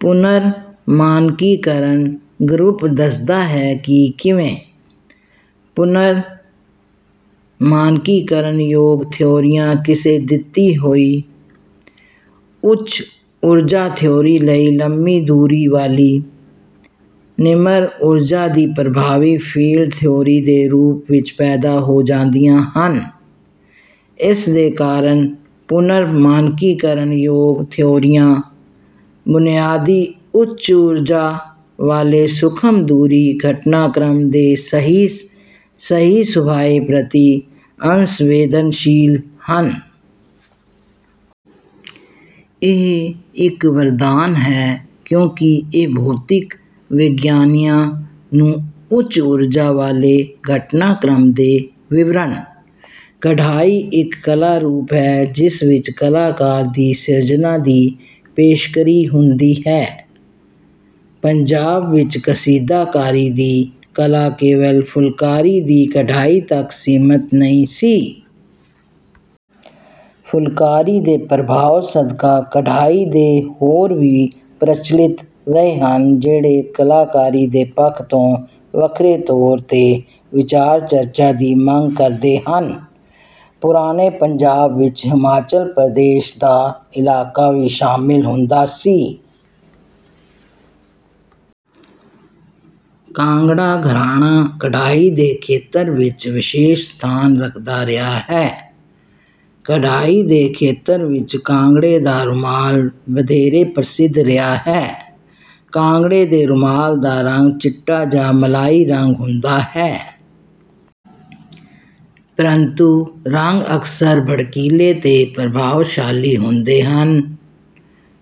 ਪੁਨਰ-ਮਾਨਕੀਕਰਨ group ਦੱਸਦਾ ਹੈ ਕਿ ਕਿਵੇਂ ਪੁਨਰ-ਮਾਨਕੀਕਰਨਯੋਗ ਥਿਊਰੀਆਂ ਕਿਸੇ ਦਿੱਤੀ ਹੋਈ ਉੱਚ-ਊਰਜਾ ਥਿਊਰੀ ਲਈ ਲੰਬੀ ਦੂਰੀ ਵਾਲੀ ਨਿਮਰ-ਊਰਜਾ ਦੀ ਪ੍ਰਭਾਵੀ ਫੀਲਡ ਥਿਊਰੀ ਦੇ ਰੂਪ ਵਿੱਚ ਪੈਦਾ ਹੋ ਜਾਂਦੀਆਂ ਹਨ। ਇਸਦੇ ਕਾਰਨ ਪੁਨਰ-ਮਾਨਕੀਕਰਨਯੋਗ ਥਿਊਰੀਆਂ ਬੁਨਿਆਦੀ ਉੱਚ-ਊਰਜਾ ਵਾਲੇ ਸੂਖਮ-ਦੂਰੀ ਘਟਨਾਕ੍ਰਮ ਦੇ ਸਹੀ ਸਹੀ ਸੁਭਾਏ ਪ੍ਰਤਿ ਅਸੰਵੇਦਨਸ਼ੀਲ ਹਨ। ਇਹ ਇੱਕ ਵਰਦਾਨ ਹੈ ਕਿਉਂਕਿ ਇਹ ਭੌਤਿਕ ਵਿਗਿਆਨੀਆਂ ਨੂੰ ਉੱਚ-ਊਰਜਾ ਵਾਲੇ ਘਟਨਾਕ੍ਰਮ ਦੇ ਵਿਵਰਣ। ਕਢਾਈ ਇੱਕ ਕਲਾ ਰੂਪ ਹੈ ਜਿਸ ਵਿੱਚ ਕਲਾਕਾਰ ਦੀ ਸਿਰਜਨਾ ਦੀ ਪੇਸ਼ਕਰੀ ਹੁੰਦੀ ਹੈ। ਪੰਜਾਬ ਵਿਚ ਕਸੀਦਾਕਾਰੀ ਦੀ ਕਲਾ ਕੇਵਲ ਫੁਲਕਾਰੀ ਦੀ ਕਢਾਈ ਤੱਕ ਸੀਮਤ ਨਹੀਂ ਸੀ। ਫੁਲਕਾਰੀ ਦੇ ਪ੍ਰਭਾਵ ਸਦਕਾ ਕਢਾਈ ਦੇ ਹੋਰ ਵੀ ਪ੍ਰਚਲਿਤ ਰਹੇ ਹਨ ਜਿਹੜੇ ਕਲਾਕਾਰੀ ਦੇ ਪੱਖ ਤੋਂ ਵੱਖਰੇ ਤੌਰ ਤੇ ਵਿਚਾਰ ਚਰਚਾ ਦੀ ਮੰਗ ਕਰਦੇ ਹਨ। ਪੁਰਾਣੇ ਪੰਜਾਬ ਵਿਚ ਹਿਮਾਚਲ ਪ੍ਰਦੇਸ਼ ਦਾ ਇਲਾਕਾ ਵੀ ਸ਼ਾਮਿਲ ਹੁੰਦਾ ਸੀ। ਕਾਂਗੜਾ ਘਰਾਣਾ ਕਢਾਈ ਦੇ ਖੇਤਰ ਵਿਚ ਵਿਸ਼ੇਸ਼ ਸਥਾਨ ਰੱਖਦਾ ਰਿਹਾ ਹੈ। ਕਢਾਈ ਦੇ ਖੇਤਰ ਵਿਚ ਕਾਂਗੜੇ ਦਾ ਰੁਮਾਲ ਵਧੇਰੇ ਪ੍ਰਸਿੱਧ ਰਿਹਾ ਹੈ। ਕਾਂਗੜੇ ਦੇ ਰੁਮਾਲ ਦਾ ਰੰਗ ਚਿੱਟਾ ਜਾਂ ਮਲਾਈ ਰੰਗ ਹੁੰਦਾ ਹੈ। ਪਰੰਤੂ ਰੰਗ ਅਕਸਰ ਭੜਕੀਲੇ ਤੇ ਪ੍ਰਭਾਵਸ਼ਾਲੀ ਹੁੰਦੇ ਹਨ।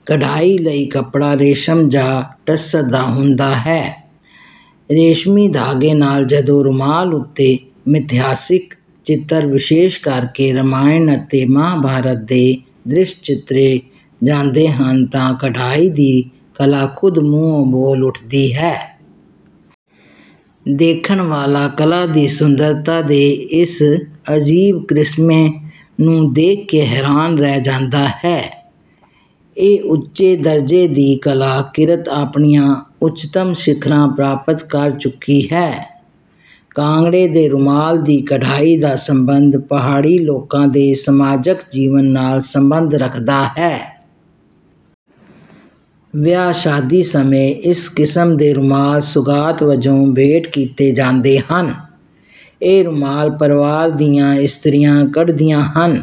ਕਢਾਈ ਲਈ ਕੱਪੜਾ ਰੇਸ਼ਮ ਜਾਂ ਟਸਰ ਦਾ ਹੁੰਦਾ ਹੈ। ਰੇਸ਼ਮੀ ਧਾਗੇ ਨਾਲ ਜਦੋਂ ਰੁਮਾਲ ਉੱਤੇ ਮਿਥਿਹਾਸਿਕ ਚਿੱਤਰ ਵਿਸ਼ੇਸ਼ ਕਰਕੇ ਰਮਾਇਣ ਅਤੇ ਮਹਾਂਭਾਰਤ ਦੇ ਦ੍ਰਿਸ਼ ਚਿੱਤਰੇ ਜਾਂਦੇ ਹਨ ਤਾਂ ਕਢਾਈ ਦੀ ਕਲਾ ਖ਼ੁਦ ਮੂੰਹੋਂ ਬੋਲ ਉਠਦੀ ਹੈ। ਦੇਖਣ ਵਾਲਾ ਕਲਾ ਦੀ ਸੁੰਦਰਤਾ ਦੇ ਇਸ ਅਜੀਬ ਕ੍ਰਿਸ਼ਮੇ ਨੂੰ ਦੇਖ ਕੇ ਹੈਰਾਨ ਰਹਿ ਜਾਂਦਾ ਹੈ। ਇਹ ਉੱਚੇ-ਦਰਜੇ ਦੀ ਕਲਾ ਕਿਰਤ ਆਪਣੀਆਂ ਉਚਤਮ ਸਿਖਰਾਂ ਪ੍ਰਾਪਤ ਕਰ ਚੁੱਕੀ ਹੈ। ਕਾਂਗੜੇ ਦੇ ਰੁਮਾਲ ਦੀ ਕਢਾਈ ਦਾ ਸੰਬੰਧ ਪਹਾੜੀ ਲੋਕਾਂ ਦੇ ਸਮਾਜਕ ਜੀਵਨ ਨਾਲ ਸੰਬੰਧ ਰੱਖਦਾ ਹੈ। ਵਿਆਹ ਸ਼ਾਦੀ ਸਮੇਂ ਇਸ ਕਿਸਮ ਦੇ ਰੁਮਾਲ ਸੁਗਾਤ ਵਜੋਂ ਭੇਟ ਕੀਤੇ ਜਾਂਦੇ ਹਨ। ਇਹ ਰੁਮਾਲ ਪਰਿਵਾਰ ਦੀਆਂ ਇਸਤਰੀਆਂ ਕੱਢਦੀਆਂ ਹਨ।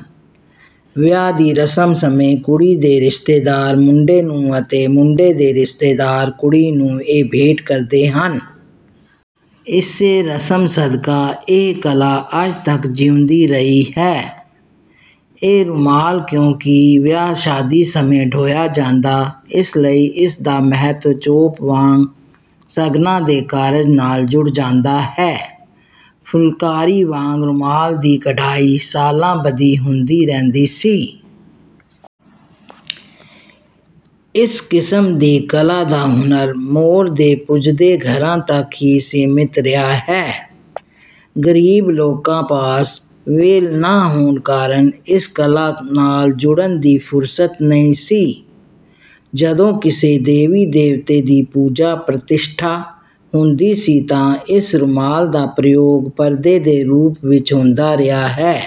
ਵਿਆਹ ਦੀ ਰਸਮ ਸਮੇਂ ਕੁੜੀ ਦੇ ਰਿਸ਼ਤੇਦਾਰ ਮੁੰਡੇ ਨੂੰ ਅਤੇ ਮੁੰਡੇ ਦੇ ਰਿਸ਼ਤੇਦਾਰ ਕੁੜੀ ਨੂੰ ਇਹ ਭੇਂਟ ਕਰਦੇ ਹਨ। ਇਸੇ ਰਸਮ ਸਦਕਾ ਇਹ ਕਲਾ ਅੱਜ ਤੱਕ ਜਿਊਂਦੀ ਰਹੀ ਹੈ। ਇਹ ਰੁਮਾਲ ਕਿਉਂਕਿ ਵਿਆਹ ਸ਼ਾਦੀ ਸਮੇਂ ਢੋਇਆ ਜਾਂਦਾ ਇਸ ਲਈ ਇਸ ਦਾ ਮਹੱਤਵ ਚੋਪ ਵਾਂਗ ਸ਼ਗਨਾਂ ਦੇ ਕਾਰਜ ਨਾਲ ਜੁੜ ਜਾਂਦਾ ਹੈ। ਫੁਲਕਾਰੀ ਵਾਂਗ ਰੁਮਾਲ ਦੀ ਕਢਾਈ ਸਾਲਾਂ ਬੱਦੀ ਹੁੰਦੀ ਰਹਿੰਦੀ ਸੀ। ਇਸ ਕਿਸਮ ਦੀ ਕਲਾ ਦਾ ਹੁਨਰ ਮੋਰ ਦੇ ਪੁੱਜਦੇ ਘਰਾਂ ਤੱਕ ਹੀ ਸੀਮਿਤ ਰਿਹਾ ਹੈ। ਗ਼ਰੀਬ ਲੋਕਾਂ ਪਾਸ ਵਿਹਲ ਨਾ ਹੋਣ ਕਾਰਣ ਇਸ ਕਲਾ ਨਾਲ ਜੁੜਨ ਦੀ ਫੁਰਸਤ ਨਹੀਂ ਸੀ। ਜਦੋਂ ਕਿਸੇ ਦੇਵੀ ਦੇਵਤੇ ਦੀ ਪੂਜਾ ਪ੍ਰਤਿਸ਼ਠਾ ਹੁੰਦੀ ਸੀ ਤਾਂ ਵੀ ਇਸ ਰੁਮਾਲ ਦਾ ਪ੍ਰਯੋਗ ਪਰਦੇ ਦੇ ਰੂਪ ਵਿਚ ਹੁੰਦਾ ਰਿਹਾ ਹੈ।